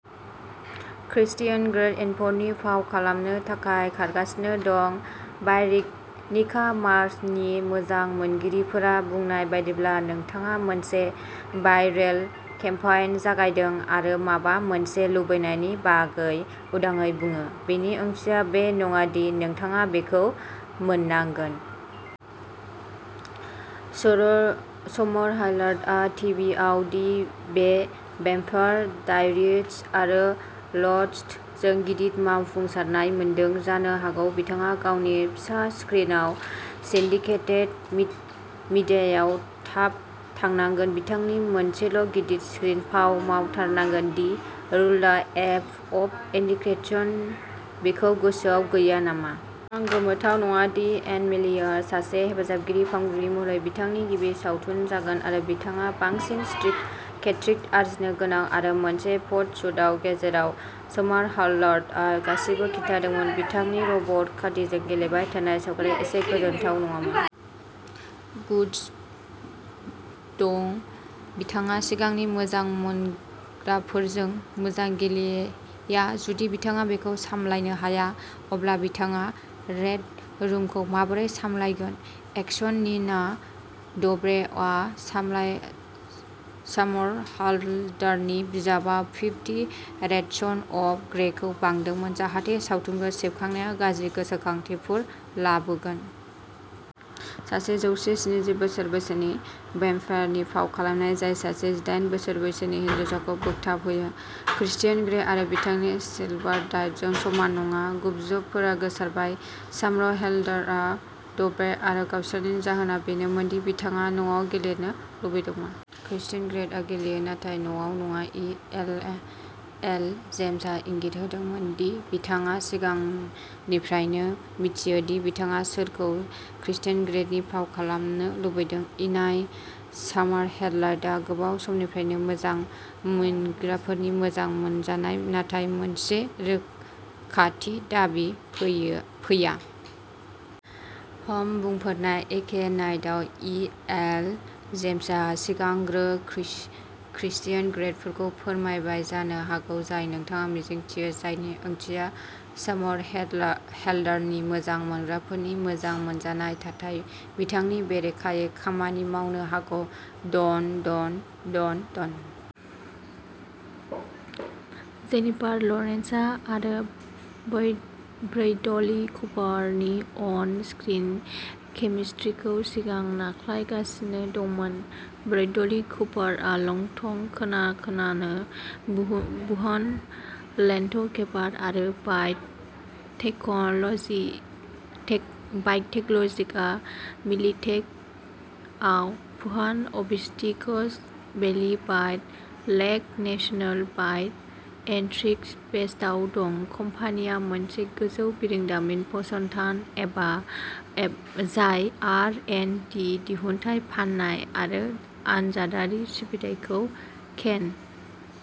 Cristiano Grey इनफनि फाव खालामनो थाखाय खारगासिनो दं। भार'निका मार्सनि मोजां मोनगिरिफोरा बुंनाय बादिब्ला नोंथाङा मोनसे भाइरेल केम्पेइन जागायदों आरो माबा मोनसे लुबैनायनि बागै उदाङै बुङो। बेनि ओंथिया बे नङा दि नोंथाङा बेखौ मोननांगोन। सरट समरहालाथआ टीवीआव दि बे बेम्पायर डायरीज आरो लस्टजों गिदिर जाफुंसारनाय मोनदों। जानो हागौ बिथाङा गावनि फिसा स्क्रिन सिन्डिकेटेड मिड मिडियामाव थाब थानांगौ। बिथांनि मोनसेल' गिदिर स्क्रिननि फाव मावथारनांगोनदि। दि रुला एप अफ एट्रेकशन। बेखौ गोसोआव गैया नामा? आं गोमोथाव नङा। दि एन'मेलिआ सासे हेफाजाबगिरि फावखुंगुर महरै बिथांनि गिबि सावथुन जागोन। बिथाङा बांसिन स्ट्रीट क्रेडिट आरजिनो गोनां। मोनसे फटसुटआव जेराव समारहालडारआ गासिबो खिन्थादोंमोन। बिथांनि रबर काडिजों गेलेबाय थानाय सावगारिफोरा एसेबो गोजोनथाव नङामोन। गुडस दं। बिथाङा सिगांनि मोजां मोनग्राफोरजों मोजां गेलेया। जुदि बिथाङा बेखौ सामलायनो हाया। अब्ला बिथाङा रेड रुमखौ माबोरै सामलायगोन? एक्सन नीना डब्रेवा सामलाय सामरहालडारनि बिजाबा फिफ्टी रेडसन अफ ग्रेखौ बायदोंमोन। जाहाथे सावथुनखौ सेबखांनाया गाज्रि गोसोखांथिफोर लाबोगोन। सासे सेजौ स्निजि बोसोर बैसोनि बेम्पायरनि फाव खालामनाय। जाय सासे जिदाइन बोसोर बैसोनि हिनजावसाखौ बोगथाबहोयो। क्रिस्टियान ग्रे आरो बिथांनि सिलभार टाइजों समान नङा। गुबजुबफोरा गोसारबाय। सामब्रहेलडारआ डुभे आरो गावस्रानायनि जाहोना बेनोमोन दि बिथाङा न'आव गेलेनो लुबैदोंमोन। क्रिस्टियान ग्रेआ गेलेयो नाथाय न'आव नङा। इ. एलए. एल. जेम्सआ इंगित होदों दि बिथाङा सिगांनिफ्रायनो मिन्थियो दि बिथाङा सोरखौ क्रिस्टियान ग्रेनि फाव खालामनो लुबैदों। इनाय सामारहेल लाइडआ गोबाव समनिफ्रायनो मोजां मोनग्राफोरनि मोजां मोनजानाय नाथाय मोनसे रोखाथि दाबो फैयो फैया। हम बुंफोरनाय एखे नाइटआव इ. एल. जेम्सआ सिगांग्रो क्रिस क्रिसियान ग्रेखौ फोरमायबाय जानो हागौ जाय नोंथाङा मिजिंथियो। जायनि ओंथिया समारहेटला हेलडारनि मोजां मोनग्राफोरनि मोजां मोनजानाय थाथाय बिथांनि बेरेखायै खामानि मावनो हागौ। Done. Done. Done. Done. Jennifer Lawrence आ आरो बै ब्रैडली कुपारनि अन स्क्रिन केमिस्ट्रिखौ सिगाङाव नारख्लायगासिनो दं। ब्रैडली कुपारआ लंथं खोनानो खोनानो बुहु बुहान लेन्टकेपार आरो बाइक'टेकन'ल'जि । टेक बाइक'टेकन'ल'जिकआ मिलिटेकआव Wuhan Optics Valley bio' lake national bio' industry बेसआव दं। कम्पानिया मोनसे गोजौ बिरोंदामिन फसंथान एबा एफ जाय आर. एन्ड. डि., दिहुनथाय फाननाय आरो आनजादारि सिबिथाइखौ केन